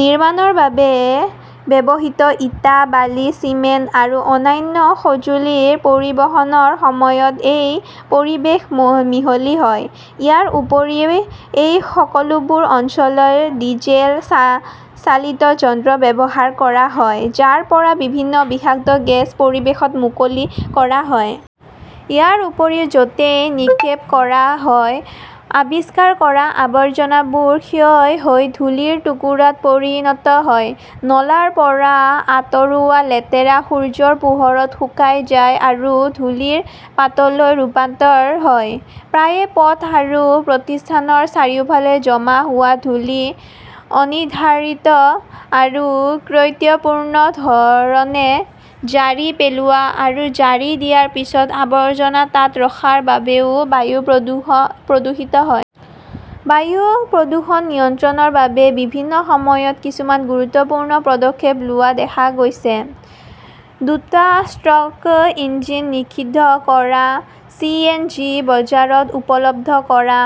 নিৰ্মাণৰ বাবে ব্যৱহৃত ইটা, বালি, চিমেণ্ট আৰু অন্যান্য সঁজুলি পৰিবহণৰ সময়ত ই পৰিৱেশত মিহলি হয়। ইয়াৰ উপৰিও, এই সকলোবোৰ অঞ্চলত ডিজেল চালিত যন্ত্ৰ ব্যৱহাৰ কৰা হয়, যাৰ পৰা বিভিন্ন বিষাক্ত গেছ পৰিৱেশত মুকলি কৰা হয়। ইয়াৰ উপৰিও, য 'তেই নিক্ষেপ কৰা হয়, আৱিষ্কাৰ কৰা আৱৰ্জনাবোৰ ক্ষয় হৈ ধূলিৰ টুকুৰাত পৰিণত হয়। নলাৰ পৰা আঁতৰোৱা লেতেৰা সূৰ্যৰ পোহৰত শুকাই যায় আৰু ধূলিৰ পাতলৈ ৰূপান্তৰিত হয়। প্ৰায়ে পথ আৰু প্ৰতিষ্ঠানৰ চাৰিওফালে জমা হোৱা ধূলি অনিৰ্ধাৰিত আৰু ত্ৰুটিপূৰ্ণ ধৰণে ঝাৰি পেলোৱা আৰু ঝাৰি দিয়াৰ পিছত আৱৰ্জনা তাত ৰখাৰ বাবেও বায়ু প্ৰদূষিত হয়। বায়ু প্ৰদূষণ নিয়ন্ত্ৰণৰ বাবে বিভিন্ন সময়ত কিছুমান গুৰুত্বপূৰ্ণ পদক্ষেপ লোৱা দেখা গৈছে। দুটা ষ্ট্ৰ 'ক ইঞ্জিন নিষিদ্ধ কৰা, চি. এন. জি. বজাৰত উপলব্ধ কৰা,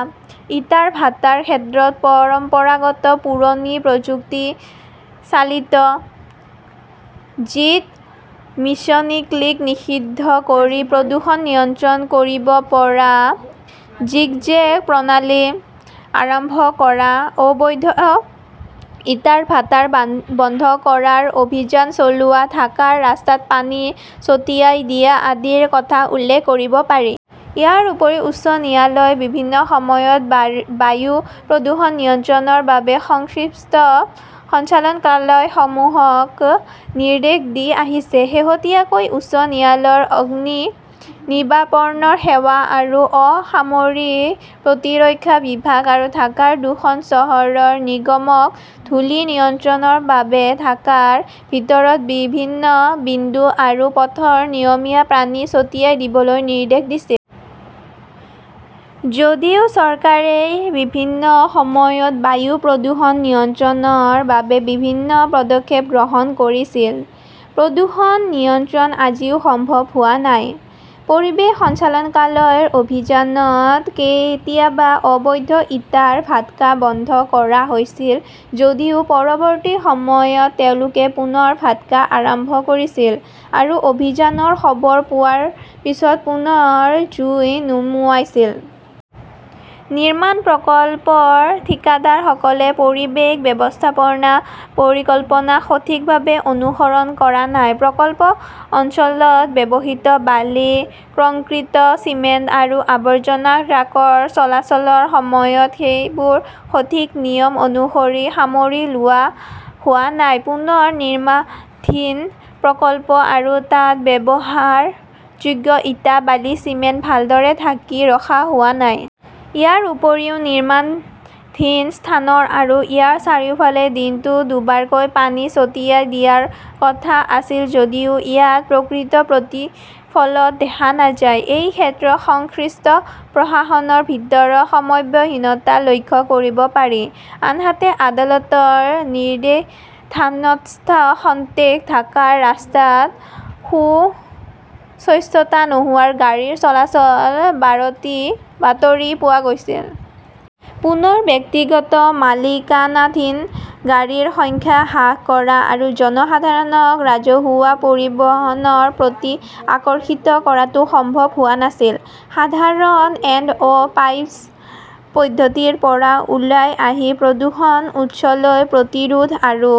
ইটাৰ ভাটাৰ ক্ষেত্ৰত পৰম্পৰাগত পুৰণি প্ৰযুক্তি চালিত' ফিড চিমনী ক্লিন "নিষিদ্ধ কৰি প্ৰদূষণ নিয়ন্ত্ৰণ কৰিব পৰা 'জিগজেগ প্ৰণালী" আৰম্ভ কৰা, অবৈধ ইটাৰ ভাটা বন্ধ কৰাৰ অভিযান চলোৱা, ঢাকাৰ ৰাস্তাত পানী ছটিয়াই দিয়া আদিৰ কথা উল্লেখ কৰিব পাৰি। ইয়াৰ উপৰিও উচ্চ ন্যায়ালয়ে বিভিন্ন সময়ত বায়ু প্ৰদূষণ নিয়ন্ত্ৰণৰ বাবে সংশ্লিষ্ট সঞ্চালকালয়সমূহক নিৰ্দেশ দি আহিছে। শেহতীয়াকৈ উচ্চ ন্যায়ালয়ে অগ্নিনিৰ্বাপক সেৱা আৰু অসামৰিক প্ৰতিৰক্ষা বিভাগ আৰু ঢাকাৰ দুখন চহৰ নিগমক ধূলি নিয়ন্ত্ৰণৰ বাবে ঢাকাৰ ভিতৰৰ বিভিন্ন বিন্দু আৰু পথত নিয়মীয়া পানী ছটিয়াই দিবলৈ নিৰ্দেশ দিছিল। যদিও চৰকাৰে বিভিন্ন সময়ত বায়ু প্ৰদূষণ নিয়ন্ত্ৰণৰ বাবে বিভিন্ন পদক্ষেপ গ্ৰহণ কৰিছিল, প্ৰদূষণ নিয়ন্ত্ৰণ আজিও সম্ভৱ হোৱা নাই। পৰিৱেশ সঞ্চালকালয়ৰ অভিযানত কেতিয়াবা অবৈধ ইটাৰ ভাটকা বন্ধ কৰা হৈছিল যদিও পৰৱৰ্তী সময়ত তেওঁলোকে পুনৰ ভাটকা আৰম্ভ কৰিছিল আৰু অভিযানৰ খবৰ পোৱাৰ পিছত পুনৰ জুই নুমুৱাইছিল। নিৰ্মাণ প্ৰকল্পৰ ঠিকাদাৰসকলে 'পৰিৱেশ ব্যৱস্থাপনা পৰিকল্পনা "সঠিকভাৱে অনুসৰণ কৰা নাই। প্ৰকল্প অঞ্চলত ব্যৱহৃত বালি, কংক্ৰিট, চিমেণ্ট আৰু আবৰ্জনা ট্ৰাকৰ চলাচলৰ সময়ত সেইবোৰ সঠিক নিয়ম অনুসৰি সামৰি লোৱা হোৱা নাই। পুনৰ নিৰ্মাণধীন প্ৰকল্প আৰু তাত ব্যৱহাৰযোগ্য ইটা, বালি, চিমেণ্ট ভালদৰে ঢাকি ৰখা হোৱা নাই। ইয়াৰ উপৰিও, নিৰ্মাণধীন স্থানত আৰু ইয়াৰ চাৰিওফালে দিনটোত দুবাৰকৈ পানী ছটিয়াই দিয়াৰ কথা আছিল যদিও ইয়াৰ প্ৰকৃত প্ৰতিফলন দেখা নাযায়। এই ক্ষেত্ৰত, সংশ্লিষ্ট প্ৰশাসনৰ ভিতৰত সমন্বয়হীনতা লক্ষ্য কৰিব পাৰি। আনহাতে, আদালতৰ নিষেধাজ্ঞা সত্বেও ঢাকাৰ ৰাস্তাত সুস্থতা নোহোৱা গাড়ীৰ চলাচলৰ বাতৰি পোৱা গৈছিল। পুনৰ ব্যক্তিগত মালিকানাধীন গাড়ীৰ সংখ্যা হ্ৰাস কৰা আৰু জনসাধাৰণক ৰাজহুৱা পৰিবহণৰ প্ৰতি আকৰ্ষিত কৰাটো সম্ভৱ হোৱা নাছিল। সাধাৰণ 'এণ্ড-অৱ-পাইপ "পদ্ধতিৰ পৰা ওলাই আহি প্ৰদূষণৰ উৎসলৈ প্ৰতিৰোধ আৰু